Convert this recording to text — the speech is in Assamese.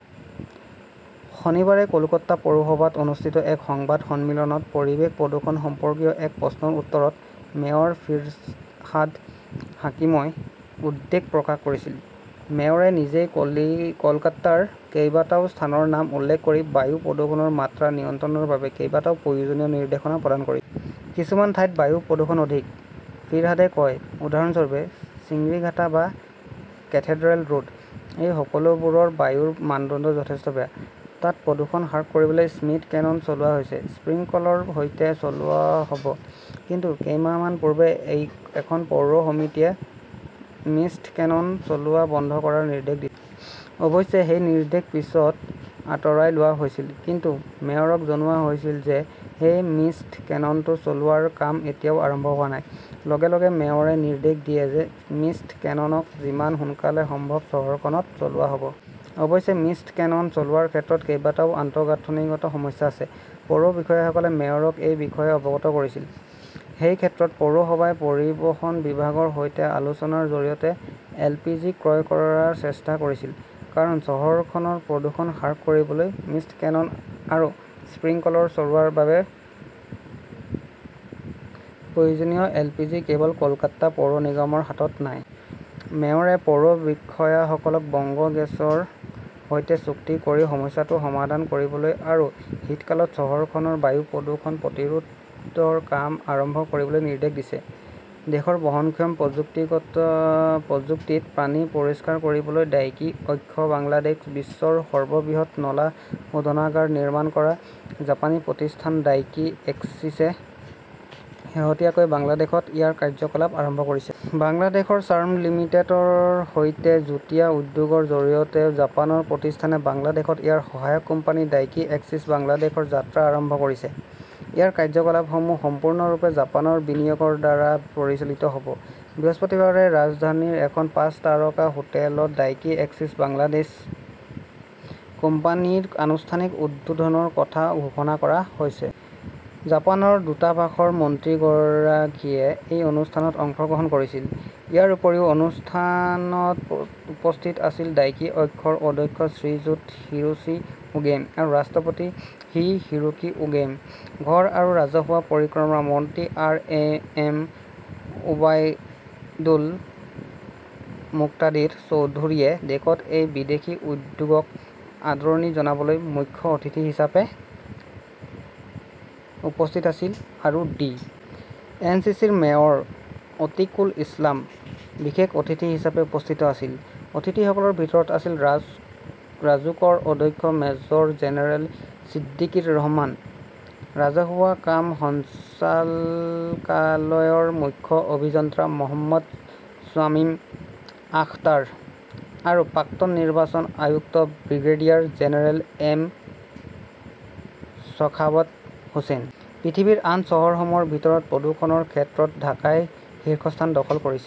শনিবাৰে কলকাতা পৌৰসভাত অনুষ্ঠিত এক সংবাদ সন্মিলনত পৰিৱেশ প্ৰদূষণ সম্পৰ্কীয় এক প্ৰশ্নৰ উত্তৰত মেয়ৰ ফিৰহাদ হাকিমই উদ্বেগ প্ৰকাশ কৰিছিল। মেয়ৰে নিজেই কলকাতাৰ কেইবাটাও স্থানৰ নাম উল্লেখ কৰি বায়ু প্ৰদূষণৰ মাত্ৰা নিয়ন্ত্ৰণৰ বাবে কেইবাটাও প্ৰয়োজনীয় নিৰ্দেশনা প্ৰদান কৰিছে। 'কিছুমান ঠাইত বায়ু প্ৰদূষণ অধিক', ফিৰহাদে কয়। উদাহৰণস্বৰূপে, চিংৰিঘাটা বা কেথেড্ৰেল ৰোড। এই সকলোবোৰৰ বায়ুৰ মানদণ্ড যথেষ্ট বেয়া। তাত প্ৰদূষণ হ্ৰাস কৰিবলৈ মিষ্ট কেনন চলোৱা হ'ব। স্প্ৰিংকলৰৰ সৈতে চলোৱা হ'ব। কিন্তু কেইমাহমান পূৰ্বে এখন পৌৰ সমিতিয়ে মিষ্ট কেনন চলোৱা বন্ধ কৰাৰ নিৰ্দেশ দিছিল। অৱশ্যে, সেই নিৰ্দেশ পিছত আঁতৰাই লোৱা হৈছিল। কিন্তু মেয়ৰক জনোৱা হৈছিল যে সেই মিষ্ট কেননটো চলোৱাৰ কাম এতিয়াও আৰম্ভ হোৱা নাই। লগে লগে মেয়ৰে নিৰ্দেশ দিয়ে যে মিষ্ট কেননক যিমান সোনকালে সম্ভৱ চহৰখনত চলোৱা হ'ব। অৱশ্যে মিষ্ট কেনন চলোৱাৰ ক্ষেত্ৰত কেইবাটাও আন্তঃগাঁথনিগত সমস্যা আছে। পৌৰ বিষয়াসকলে মেয়ৰক এই বিষয়ে অৱগত কৰিছিল। সেই ক্ষেত্ৰত পৌৰসভাই পৰিবহণ বিভাগৰ সৈতে আলোচনাৰ জৰিয়তে এলপিজি ক্ৰয় কৰাৰ চেষ্টা কৰিছিল। কাৰণ চহৰখনৰ প্ৰদূষণ হ্ৰাস কৰিবলৈ মিষ্ট কেনন আৰু স্প্ৰিংকলৰ চলোৱাৰ বাবে প্ৰয়োজনীয় এলপিজি কেৱল কলকাতা পৌৰ নিগমৰ হাতত নাই। মেয়ৰে পৌৰ বিষয়াসকলক বংগ গেছৰ সৈতে চুক্তি কৰি সমস্যাটো সমাধান কৰিবলৈ আৰু শীতকালত চহৰখনৰ বায়ু প্ৰদূষণ প্ৰতিৰোধৰ কাম আৰম্ভ কৰিবলৈ নিৰ্দেশ দিছে। দেশৰ বহনক্ষম প্ৰযুক্তিত পানী পৰিষ্কাৰ কৰিব ডাইকি অক্ষ বাংলাদেশ বিশ্বৰ সৰ্ববৃহৎ নলা শোধনাগাৰ নিৰ্মাণ কৰা জাপানী প্ৰতিষ্ঠান ডাইকি এক্সিছে শেহতীয়াকৈ বাংলাদেশত ইয়াৰ কাৰ্য্যকলাপ আৰম্ভ কৰিছে। বাংলাদেশৰ চাৰ্ম লিমিটেডৰ সৈতে যুটীয়া উদ্যোগৰ জৰিয়তে জাপানৰ প্ৰতিষ্ঠানে বাংলাদেশত ইয়াৰ সহায়ক কোম্পানী 'ডাইকি এক্সিছ বাংলাদেশ' ৰ যাত্ৰা আৰম্ভ কৰিছে। ইয়াৰ কাৰ্য্যকলাপসমূহ সম্পূৰ্ণৰূপে জাপানৰ বিনিয়োগৰ দ্বাৰা পৰিচালিত হ'ব। বৃহস্পতিবাৰে ৰাজধানীৰ এখন পাঁচ তাৰকা হোটেলত 'ডাইকি এক্সিছ বাংলাদেশ' কোম্পানীৰ আনুষ্ঠানিক উদ্বোধনৰ কথা ঘোষণা কৰা হয়। জাপানৰ দূতাবাসৰ মন্ত্ৰীগৰাকীয়ে এই অনুষ্ঠানত অংশগ্ৰহণ কৰিছিল। ইয়াৰ উপৰিও অনুষ্ঠানত উপস্থিত আছিল ডাইকি অক্ষৰ অধ্যক্ষ শ্ৰীযুত হিৰোশী ওগেম আৰু ৰাষ্ট্ৰপতি মি. হিৰোকি ওগেম। ঘৰ আৰু ৰাজহুৱা পৰিক্ৰমা মন্ত্ৰী R. A. M. Obaidul Muktadir চৌধুৰীয়ে দেশত এই বিদেশী উদ্যোগক আদৰণি জনাবলৈ মুখ্য অতিথি হিচাপে উপস্থিত আছিল আৰু ডি. এন. চি. চি. -ৰ মেয়ৰ অতীকুল ইছলাম বিশেষ অতিথি হিচাপে উপস্থিত আছিল। অতিথিসকলৰ ভিতৰত আছিল ৰাজুকৰ অধ্যক্ষ মেজৰ জেনেৰেল ছিদ্দিকৰ ৰহমান, ৰাজহুৱা কাম সঞ্চালকালয়ৰ মুখ্য অভিযন্তা মহম্মদ শ্বামীম আখতাৰ, আৰু প্ৰাক্তন নিৰ্বাচন আয়ুক্ত brigadier general M Sakhawat Hossain. পৃথিৱীৰ আন চহৰসমূহৰ ভিতৰত প্ৰদূষণৰ ক্ষেত্ৰত ঢাকাই শীৰ্ষস্থান দখল কৰিছে।